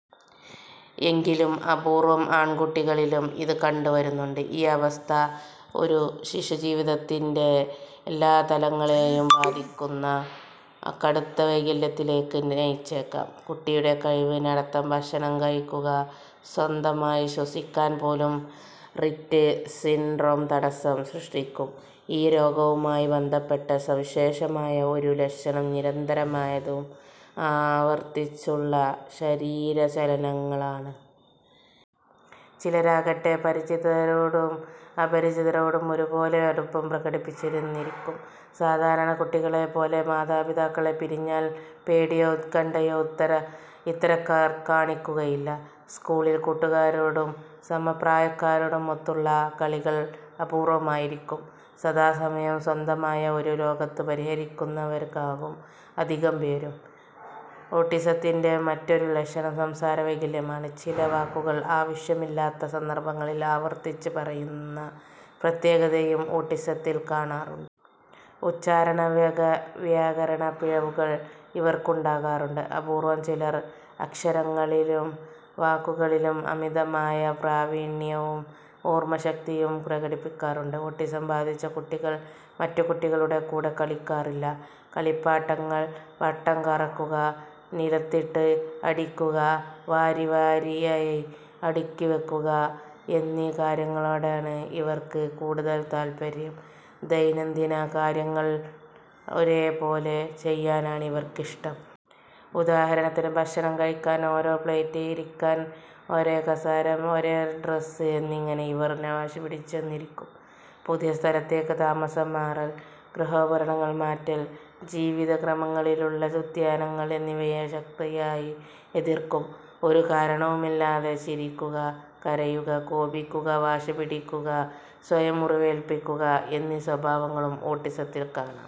എങ്കിലും അപൂര്വ്വം ആൺകുട്ടികളിലും ഇത് കണ്ടു വരുന്നുണ്ട്. ഈ അവസ്ഥ ഒരു ശിശു ജീവിതത്തിന്റെ എല്ലാ തലങ്ങളെയും ബാധിക്കുന്ന കടുത്ത വൈകല്യത്തിലേക്ക് നയിച്ചേക്കാം. കുട്ടിയുടെ കഴിവ്, നടത്തം, ഭക്ഷണം കഴിക്കുക, സ്വന്തമായി ശ്വസിക്കാൻ പോലും റിറ്റ് സിൻഡ്രോം തടസ്സം സൃഷ്ടിക്കും. ഈ രോഗവുമായി ബന്ധപ്പെട്ട സവിശേഷമായ ഒരു ലക്ഷണം നിരന്തരമായതും ആവർത്തിച്ചുള്ള ശരീര ചലനങ്ങളാണ്. ചിലരാകട്ടെ പരിചിതരോടും അപരിചിതരോടും ഒരുപോലെ അടുപ്പം പ്രകടിപ്പിച്ചെന്നിരിക്കും. സാധാരണ കുട്ടികളെപ്പോലെ, മാതാപിതാക്കളെ പിരിഞ്ഞാൽ പേടിയോ ഉത്കണ്ഠയോ ഇത്തരക്കാർ കാണിക്കുകയില്ല. സ്കൂളിൽ കൂട്ടുകാരോടും സമപ്രായക്കാരോടുമൊത്തുള്ള കളികൾ അപൂർവമായിരിക്കും. സദാസമയവും സ്വന്തമായ ഒരു ലോകത്ത് വിഹരിക്കുന്നവരാകും അധികം പേരും. ഓട്ടിസത്തിൻെറ മറ്റൊരു ലക്ഷണം സംസാരവൈകല്യമാണ്. ചില വാക്കുകൾ ആവശ്യമില്ലാത്ത സന്ദർഭങ്ങളിൽ ആവർത്തിച്ച് പറയുന്ന പ്രത്യേകതയും ഓട്ടിസത്തിൽ കാണാറുണ്ട്. ഉച്ചാരണ, വ്യാകരണ പിഴവുകൾ ഇവർക്ക് ഉണ്ടാകാറുണ്ട്. അപൂർവം ചിലർ അക്ഷരങ്ങളിലും വാക്കുകളിലും അമിതമായ പ്രാവീണ്യവും ഓർമശക്തിയും പ്രകടിപ്പിക്കാറുണ്ട്. ഓട്ടിസം ബാധിച്ച കുട്ടികൾ മറ്റു കുട്ടികളുടെ കൂടെ കളിക്കാറില്ല. കളിപ്പാട്ടങ്ങൾ വട്ടംകറക്കുക, നിലത്തിട്ട് അടിക്കുക, വരിവരിയായി അടുക്കിവെക്കുക എന്നീ കാര്യങ്ങളോടാണ് ഇവർക്ക് കൂടുതൽ താൽപര്യം. ദൈനംദിന കാര്യങ്ങൾ ഒരേപോലെ ചെയ്യാനാണ് ഇവർക്കിഷ്ടം. ഉദാഹരണത്തിന് ഭക്ഷണം കഴിക്കാൻ ഒരേ പ്ളേറ്റ്, ഇരിക്കാൻ ഒരേ കസേര, ഒരേ ഡ്രസ് എന്നിങ്ങനെ ഇവർ വാശിപിടിച്ചെന്നിരിക്കും. പുതിയ സ്ഥലത്തേക്ക് താമസം മാറൽ, ഗൃഹോപകരണങ്ങൾ മാറ്റൽ, ജീവിതക്രമങ്ങളിലുള്ള വ്യതിയാനങ്ങൾ എന്നിവയെ ശക്തിയായി എതിർക്കും. ഒരു കാരണവുമില്ലാതെ ചിരിക്കുക, കരയുക, കോപിക്കുക, വാശിപിടിക്കുക, സ്വയം മുറിവേൽപിക്കുക എന്നീ സ്വഭാവങ്ങളും ഓട്ടിസത്തിൽ കാണാം.